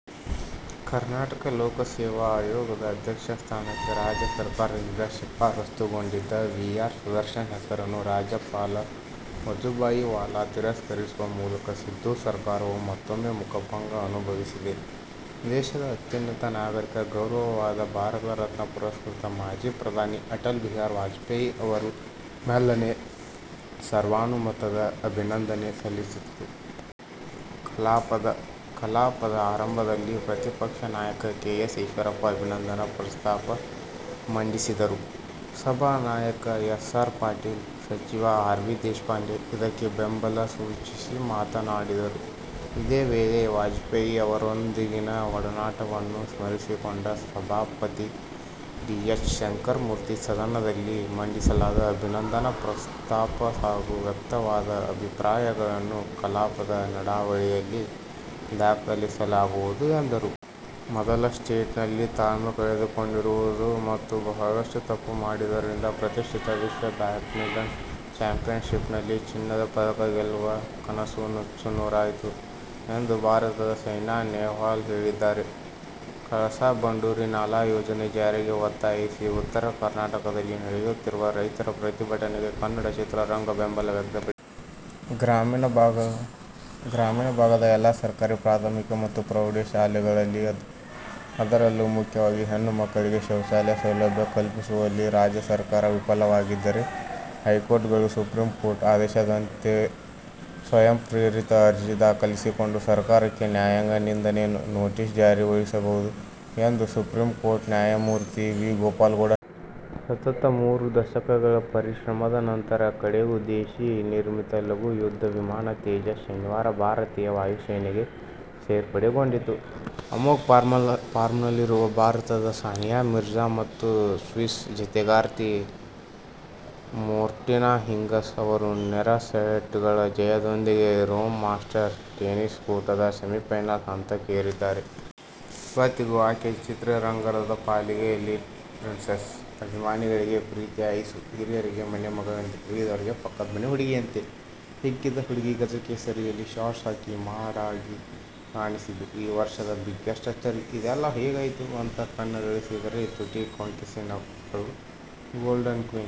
ಕರ್ನಾಟಕ ಲೋಕಸೇವಾ ಆಯೋಗದ ಅಧ್ಯಕ್ಷ ಸ್ಥಾನಕ್ಕೆ ರಾಜ್ಯ ಸರ್ಕಾರದಿಂದ ಶಿಫಾರಸ್ಸುಗೊಂಡಿದ್ದ ವಿ. ಆರ್ ಸುದರ್ಶನ್ ಹೆಸರನ್ನು ರಾಜ್ಯಪಾಲ ವಜುಭಾಯಿ ವಾಲಾ ತಿರಸ್ಕರಿಸುವ ಮೂಲಕ ಸಿದ್ದು ಸರ್ಕಾರವು ಮತ್ತೊಮ್ಮೆ ಮುಖಭಂಗ ಅನುಭವಿಸಿದೆ. ದೇಶದ ಅತ್ಯುನ್ನತ ನಾಗರಿಕ ಗೌರವವಾದ ಭಾರತರತ್ನ ಪುರಸ್ಕೃತ ಮಾಜಿ ಪ್ರಧಾನಿ ಅಟಲ್ ಬಿಹಾರಿ ವಾಜಪೇಯಿ ಅವರಿಗೆ ಮೇಲ್ಮನೆ ಸರ್ವಾನುಮತದ ಅಭಿನಂದನೆ ಸಲ್ಲಿಸಿತು. ಕಲಾಪದ ಆರಂಭದಲ್ಲಿ ಪ್ರತಿಪಕ್ಷ ನಾಯಕ ಕೆ. ಎಸ್. ಈಶ್ವರಪ್ಪ ಅಭಿನಂದನಾ ಪ್ರಸ್ತಾಪ ಮಂಡಿಸಿದರು. ಸಭಾನಾಯಕ ಎಸ್. ಆರ್. ಪಾಟೀಲ್, ಸಚಿವ ಆರ್. ವಿ. ದೇಶಪಾಂಡೆ ಇದಕ್ಕೆ ಬೆಂಬಲ ಸೂಚಿಸಿ ಮಾತನಾಡಿದರು. ಇದೇ ವೇಳೆ ವಾಜಪೇಯಿ ಅವರೊಂದಿಗಿನ ಒಡನಾಟವನ್ನು ಸ್ಮರಿಸಿಕೊಂಡ ಸಭಾಪತಿ ಡಿ. ಎಚ್. ಶಂಕರಮೂರ್ತಿ, ಸದನದಲ್ಲಿ ಮಂಡಿಸಲಾದ ಅಭಿನಂದನಾ ಪ್ರಸ್ತಾಪ ಹಾಗೂ ವ್ಯಕ್ತವಾದ ಅಭಿಪ್ರಾಯಗಳನ್ನು ಕಲಾಪದ ನಡಾವಳಿಯಲ್ಲಿ ದಾಖಲಿಸಲಾಗುವುದು ಎಂದರು. ಮೊದಲ ಸೆಟ್ನಲ್ಲಿ ತಾಳ್ಮೆ ಕಳೆದುಕೊಂಡಿರುವುದು ಮತ್ತು ಬಹಳಷ್ಟು ತಪ್ಪು ಮಾಡಿದ್ದರಿಂದ ಪ್ರತಿಷ್ಠಿತ ವಿಶ್ವ ಬ್ಯಾಡ್ಮಿಂಟನ್ ಚಾಂಪಿಯನ್ಶಿಪ್ನಲ್ಲಿ ಚಿನ್ನದ ಪದಕ ಗೆಲ್ಲುವ ಕನಸು ನುಚ್ಚುನೂರಾಯಿತು ಎಂದು ಭಾರತದ ಸೈನಾ ನೆಹ್ವಾಲ್ ಹೇಳಿದ್ದಾರೆ. ಕಳಸಾ-ಬಂಡೂರಿ ನಾಲಾ ಯೋಜನೆ ಜಾರಿಗೆ ಒತ್ತಾಯಿಸಿ ಉತ್ತರ ಕರ್ನಾಟಕದಲ್ಲಿ ನಡೆಯುತ್ತಿರುವ ರೈತರ ಪ್ರತಿಭಟನೆಗೆ ಕನ್ನಡ ಚಿತ್ರರಂಗ ಬೆಂಬಲ ವ್ಯಕ್ತಪಡಿಸಿದೆ. ಗ್ರಾಮೀಣ ಭಾಗದ ಎಲ್ಲಾ ಸರ್ಕಾರಿ ಪ್ರಾಥಮಿಕ ಮತ್ತು ಪ್ರೌಢ ಶಾಲೆಗಳಲ್ಲಿ, ಅದರಲ್ಲೂ ಮುಖ್ಯವಾಗಿ ಹೆಣ್ಣು ಮಕ್ಕಳಿಗೆ ಶೌಚಾಲಯ ಸೌಲಭ್ಯ ಕಲ್ಪಿಸುವಲ್ಲಿ ರಾಜ್ಯ ಸರ್ಕಾರ ವಿಫಲವಾಗಿದ್ದರೆ ಹೈಕೋರ್ಟ್ಗಳು ಸುಪ್ರೀಂ ಕೋರ್ಟ್ ಆದೇಶದಂತೆಸ್ವಯಂಪ್ರೇರಿತ ಅರ್ಜಿ ದಾಖಲಿಸಿಕೊಂಡು ಸರ್ಕಾರಕ್ಕೆ ನ್ಯಾಯಾಂಗ ನಿಂದನೆ ನೋಟಿಸ್ಜಾರಿಗೊಳಿಸಬಹುದು ಎಂದು ಸುಪ್ರೀಂಕೋರ್ಟ್ ನ್ಯಾಯಮೂರ್ತಿ ವಿ. ಗೋಪಾಲಗೌಡ ಹೇಳಿದ್ದಾರೆ. ಸತತ ಮೂರು ದಶಕಗಳ ಪರಿಶ್ರಮದ ನಂತರ ಕಡೆಗೂ ದೇಶೀ ನಿರ್ಮಿತ ಲಘು ಯುದ್ಧ ವಿಮಾನ "ತೇಜಸ್' ಶನಿವಾರ ಭಾರತೀಯ ವಾಯುಸೇನೆಗೆ ಸೇರ್ಪಡೆಗೊಂಡಿತು. ಅಮೋಘ ಫಾರ್ಮ್ನಲ್ಲಿರುವ ಭಾರತದ ಸಾನಿಯಾ ಮಿರ್ಜಾ ಮತ್ತು ಸ್ವಿಸ್ನ ಜತೆಗಾರ್ತಿ ಮಾರ್ಟಿನಾ ಹಿಂಗಿಸ್ ಅವರು ನೇರ ಸೆಟ್ಗಳ ಜಯದೊಂದಿಗೆ ರೋಮ್ ಮಾಸ್ಟರ್ ಟೆನಿಸ್ ಕೂಟದ ಸೆಮಿಫೈನಲ್ ಹಂತಕ್ಕೇರಿದ್ದಾರೆ. ಇವತ್ತಿಗೂ ಆಕೆ ಚಿತ್ರರಂಗದ ಪಾಲಿಗೆ ಲಿಟ್ಲ ಪ್ರಿನ್ಸೆಸ್. ಅಭಿಮಾನಿಗಳಿಗೆ ಪ್ರೀತಿಯ ಐಸೂ. ಹಿರಿಯರಿಗೆ ಮನೆ ಮಗಳಂತೆ. ಉಳಿದವರಿಗೆ ಪಕ್ಕದ್ಮನೆ ಹುಡ್ಗಿಯಂತೆ. ಹೀಗಿದ್ದ ಹುಡ್ಗಿ "ಗಜಕೇಸರಿ'ಯಲ್ಲಿ ಶಾರ್ಟ್ಸ್ ಹಾಕಿ ಮಾಡ್ ಆಗಿ ಕಾಣಿಸಿದ್ದು ಈ ವರ್ಷದ ಬಿಗ್ಗೆಸ್ಟ್ ಅಚ್ಚರಿ. ಇದೆಲ್ಲಾ ಹೇಗಾಯ್ತು ಅಂತ ಕಣ್ಣರಳಿಸಿದರೆ ತುಟಿ ಕೊಂಕಿಸಿ ನಕ್ಕಳಾ ಗೋಲ್ಡನ್ ಕ್ವೀನು.